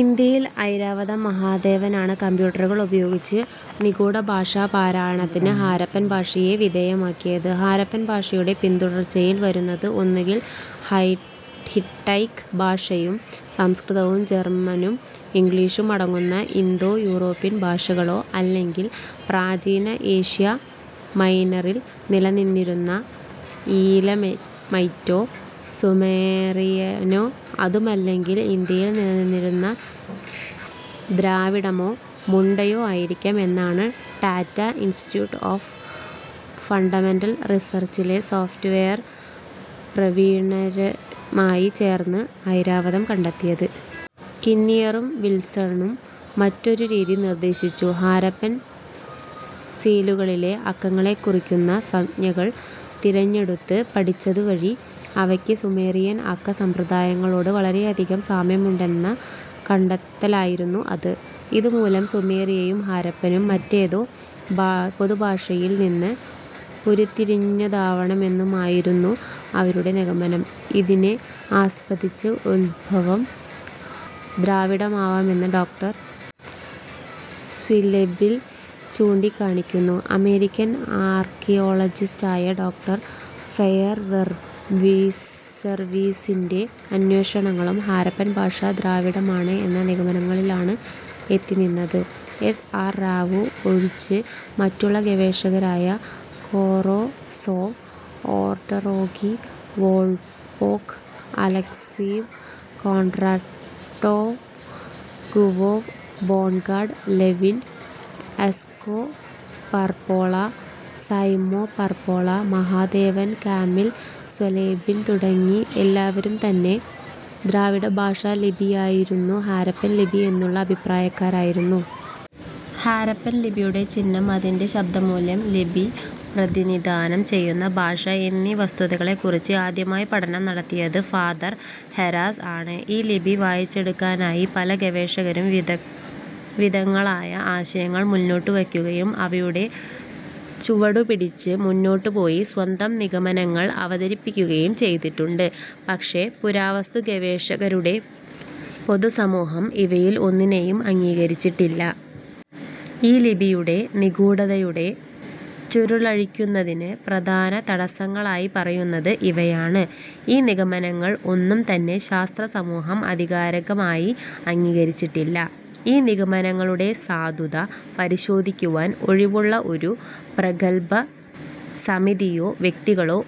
ഇന്ത്യയിൽ ഐരാവതം മഹാദേവനാണ് കമ്പ്യൂട്ടറുകൾ ഉപയോഗിച്ച് നിഗൂഢഭാഷാപാരായണത്തിന് ഹാരപ്പൻ ഭാഷയെ വിധേയമാക്കിയത്. ഹാരപ്പൻ ഭാഷയുടെ പിന്തുടർച്ചയിൽ വരുന്നത് ഒന്നുകിൽ ഹൈ ഹിടൈക്ക് ഭാഷയും സംസ്കൃതവും ജർമ്മനും ഇംഗ്ലീഷും അടങ്ങുന്ന ഇന്തോ യൂറോപ്യൻ ഭാഷകളോ, അല്ലെങ്കിൽ പ്രാചീന ഏഷ്യാമൈനറിൽ നിലനിന്നിരുന്ന ഈലമൈറ്റോ സുമേറിയനോ അതുമല്ലെങ്കിൽ ഇന്ത്യയിൽ നിലനിന്നിരുന്ന ദ്രാവിഡമോ മുണ്ടയോ ആയിരിക്കാം എന്നാണ് ടാറ്റ ഇൻസ്റ്റിറ്റ്യൂട്ട് ഓഫ് ഫണ്ടമെന്റൽ റിസർച്ചിലെ സോഫ്റ്റ്‌വെയർ പ്രവീണരുമായി ചേർന്ന് ഐരാവതം കണ്ടെത്തിയത്. കിന്നിയറും വിൽസണും മറ്റൊരു രീതി നിർദ്ദേശിച്ചു. ഹാരപ്പൻ സീലുകളിലെ അക്കങ്ങളെക്കുറിക്കുന്ന സംജ്ഞകൾ തിരഞ്ഞെടുത്ത് പഠിച്ചതുവഴി അവക്ക് സുമേറിയൻ അക്ക സമ്പ്രദായങ്ങളോട് വളരെയധികം സാമ്യമുണ്ടെന്ന കണ്ടെത്തലായിരുന്നു അത്. ഇതുമൂലം സുമേറിയനും ഹരപ്പനും മറ്റേതോ പൊതുഭാഷയിൽ നിന്ന് ഉരുത്തിരിഞ്ഞതാവാമെന്നുമായിരുന്നു അവരുടെ നിഗമനം. ഇതിനെ ആസ്പദിച്ച് ഉത്ഭവം ദ്രാവിഡമാവാമെന്ന് ഡോ. സ്വിലെബിൽ ചൂണ്ടിക്കാണിക്കുന്നു. അമേരിക്കൻ ആർക്കിയോളജിസ്റ്റായ ഡോ. ഫെയർസെർവീസിൻ്റെ അന്വേഷണങ്ങളും ഹാരപ്പൻ ഭാഷ ദ്രാവിഡമാണ് എന്ന നിഗമനങ്ങളിലാണ് എത്തിനിന്നത്. എസ്. ആർ. റാവു ഒഴിച്ച് മറ്റുള്ള ഗവേഷകരായ Knorozov, Olderogge, Volchok, Alekseev, Kondratov, Gurov, Bongard Levin, Asko Parpola, Simo Parpola, Mahadevan, Kamil Zvelebil തുടങ്ങി എല്ലാവരും തന്നെ ദ്രാവിഡഭാഷാലിപിയായിരുന്നു ഹാരപ്പൻ ലിപി എന്നുള്ള അഭിപ്രായക്കാരായിരുന്നു. ഹാരപ്പൻ ലിപിയിലെ ചിഹ്നം, അതിൻ്റെ ശബ്ദമൂല്യം, ലിപി പ്രതിനിധാനം ചെയ്യുന്ന ഭാഷ എന്നീ വസ്തുതകളെക്കുറിച്ച് ആദ്യമായി പഠനം നടത്തിയത് ഫാദർ ഹെരാസ് ആണ്. ഈ ലിപി വായിച്ചെടുക്കാനായി പല ഗവേഷകരും വിവിധങ്ങളായ ആശയങ്ങൾ മുന്നോട്ടുവയ്ക്കുകയും അവയുടെ ചുവടുപിടിച്ച് മുന്നോട്ടുപോയി സ്വന്തം നിഗമനങ്ങൾ അവതരിപ്പിക്കുകയും ചെയ്തിട്ടുണ്ട്. പക്ഷേ പുരാവസ്തുഗവേഷകരുടെ പൊതുസമൂഹം ഇവയിൽ ഒന്നിനെയും അംഗീകരിച്ചിട്ടില്ല. ഈ ലിപിയുടെ നിഗൂഢതയുടെ ചുരുളഴിക്കുന്നതിന് പ്രധാന തടസ്സങ്ങളായി പറയുന്നത് ഇവയാണ്. ഈ നിഗമനങ്ങൾ ഒന്നും തന്നെ ശാസ്ത്രസമൂഹം ആധികാരികമായി അംഗീകരിച്ചിട്ടില്ല. ഈ നിഗമനങ്ങളുടെ സാധുത പരിശോധിക്കുവാൻ കഴിവുള്ള ഒരു പ്രഗല്ഭ സമിതിയോ വ്യക്തികളോ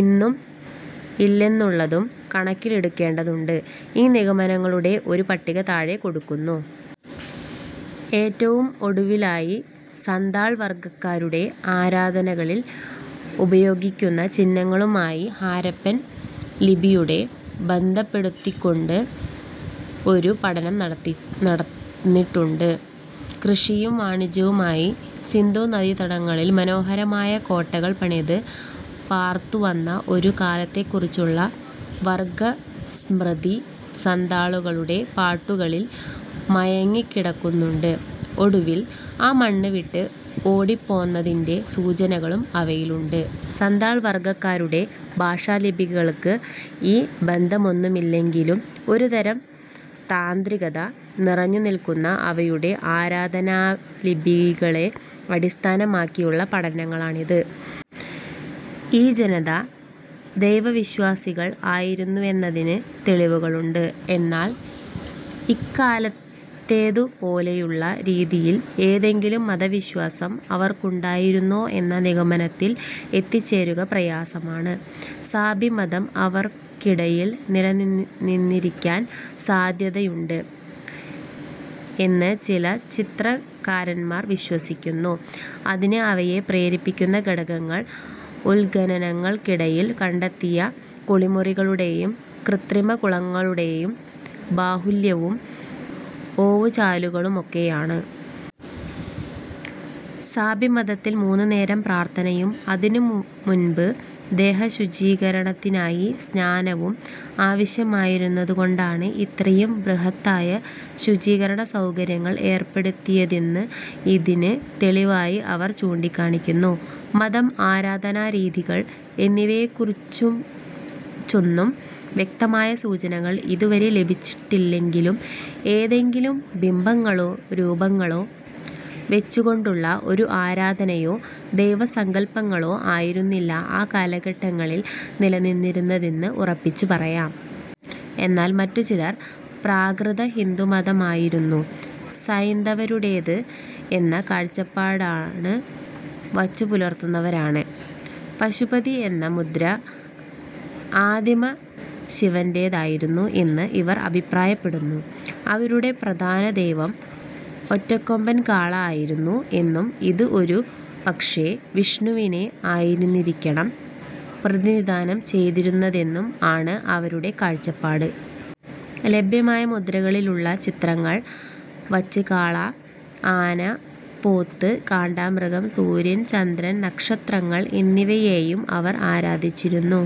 ഇന്നും ഇല്ലെന്നുള്ളതും കണക്കിലെടുക്കേണ്ടതുണ്ട്. ഈ നിഗമനങ്ങളുടെ ഒരു പട്ടിക താഴെ കൊടുക്കുന്നു. ഏറ്റവും ഒടുവിലായി സാന്താൾവർഗ്ഗക്കാരുടെ ആരാധനകളിൽ ഉപയോഗിക്കുന്ന ചിഹ്നങ്ങളുമായി ഹരപ്പൻ ലിപിയുടെ ബന്ധപ്പെടുത്തിക്കൊണ്ടും ഒരു പഠനം നടത്തി നടന്നിട്ടുണ്ട്. കൃഷിയും വാണിജ്യവുമായി സിന്ധുനദീതടങ്ങളിൽ മനോഹരമായ കോട്ടകൾ പണിത് പാർത്തുവന്ന ഒരു കാലത്തെക്കുറിച്ചുള്ള വർഗസ്മൃതി സന്താളുകളുടെ പാട്ടുകളിൽ മയങ്ങിക്കിടക്കുന്നുണ്ട്. ഒടുവിൽ ആ മണ്ണ് വിട്ട് ഓടിപ്പോന്നതിൻ്റെ സൂചനകളും അവയിലുണ്ട്. സന്താൾ വർഗ്ഗക്കാരുടെ ഭാഷാലിപികൾക്ക് ഈ ബന്ധമൊന്നുമില്ലെങ്കിലും ഒരുതരം താന്ത്രികത നിറഞ്ഞുനിൽക്കുന്ന അവരുടെ ആരാധനാലിപികളെ അടിസ്ഥാനമാക്കിയുള്ള പഠനങ്ങളാണിത്. ഈ ജനത ദൈവവിശ്വാസികൾ ആയിരുന്നുവെന്നതിന് തെളിവുകളുണ്ട്. എന്നാൽ ഇക്കാലത്തേതുപോലെയുള്ള രീതിയിൽ ഏതെങ്കിലും മതവിശ്വാസം അവർക്കുണ്ടായിരുന്നോ എന്ന നിഗമനത്തിൽ എത്തിച്ചേരുക പ്രയാസമാണ്. സാബി മതം അവർക്കിടയിൽ നിലനിന്നിരിക്കാൻ സാദ്ധ്യതയുണ്ട് എന്ന് ചില ചരിത്രകാരന്മാർ വിശ്വസിക്കുന്നു. അതിന് അവരെ പ്രേരിപ്പിക്കുന്ന ഘടകങ്ങൾ ഉത്ഖനനങ്ങൾക്കിടയിൽ കണ്ടെത്തിയ കുളിമുറികളുടേയും കൃത്രിമ കുളങ്ങളുടേയും ബാഹുല്യവും ഓവുചാലുകളുമൊക്കെയാണ്. സാബിമതത്തിൽ മൂന്നു നേരം പ്രാർത്ഥനയും അതിനു മുൻപ് ദേഹശുചീകരണത്തിനായി സ്നാനവും ആവശ്യമായിരുന്നതുകൊണ്ടാണ് ഇത്രയും ബൃഹത്തായ ശുചീകരണസൗകര്യങ്ങൾ ഏർപ്പെടുത്തിയതെന്ന് ഇതിന് തെളിവായി അവർ ചൂണ്ടിക്കാണിക്കുന്നു. മതം, ആരാധനാ രീതികൾ എന്നിവയെക്കുറിച്ചൊന്നും വ്യക്തമായ സൂചനകൾ ഇതുവരെ ലഭിച്ചിട്ടില്ലെങ്കിലും ഏതെങ്കിലും ബിംബങ്ങളോ രൂപങ്ങളോ വെച്ചുകൊണ്ടുള്ള ഒരു ആരാധനയോ ദൈവസങ്കൽപങ്ങളോ ആയിരുന്നില്ല ആ കാലഘട്ടങ്ങളിൽ നിലനിന്നിരുന്നതെന്ന് ഉറപ്പിച്ചു പറയാം. എന്നാൽ മറ്റു ചിലർ പ്രാകൃത ഹിന്ദുമതമായിരുന്നു സൈന്ധവരുടേത് എന്ന കാഴ്ചപ്പാട് വച്ചുപുലർത്തുന്നവരാണ്. പശുപതി എന്ന മുദ്ര ആദിമ ശിവന്റേതായിരുന്നു എന്ന് ഇവർ അഭിപ്രായപ്പെടുന്നു. അവരുടെ പ്രധാന ദൈവം ഒറ്റക്കൊമ്പൻ കാള ആയിരുന്നു എന്നും ഇത് ഒരു പക്ഷേ വിഷ്ണുവിനെ ആയിരുന്നിരിക്കണം പ്രതിനിധാനം ചെയ്തിരുന്നതെന്നും ആണ് അവരുടെ കാഴ്ചപ്പാട്. ലഭ്യമായ മുദ്രകളിലുള്ള ചിത്രങ്ങൾ വച്ച് കാള, ആന, പോത്ത്, കാണ്ടാമൃഗം, സൂര്യൻ, ചന്ദ്രൻ, നക്ഷത്രങ്ങൾ എന്നിവയേയും അവർ ആരാധിച്ചിരുന്നു.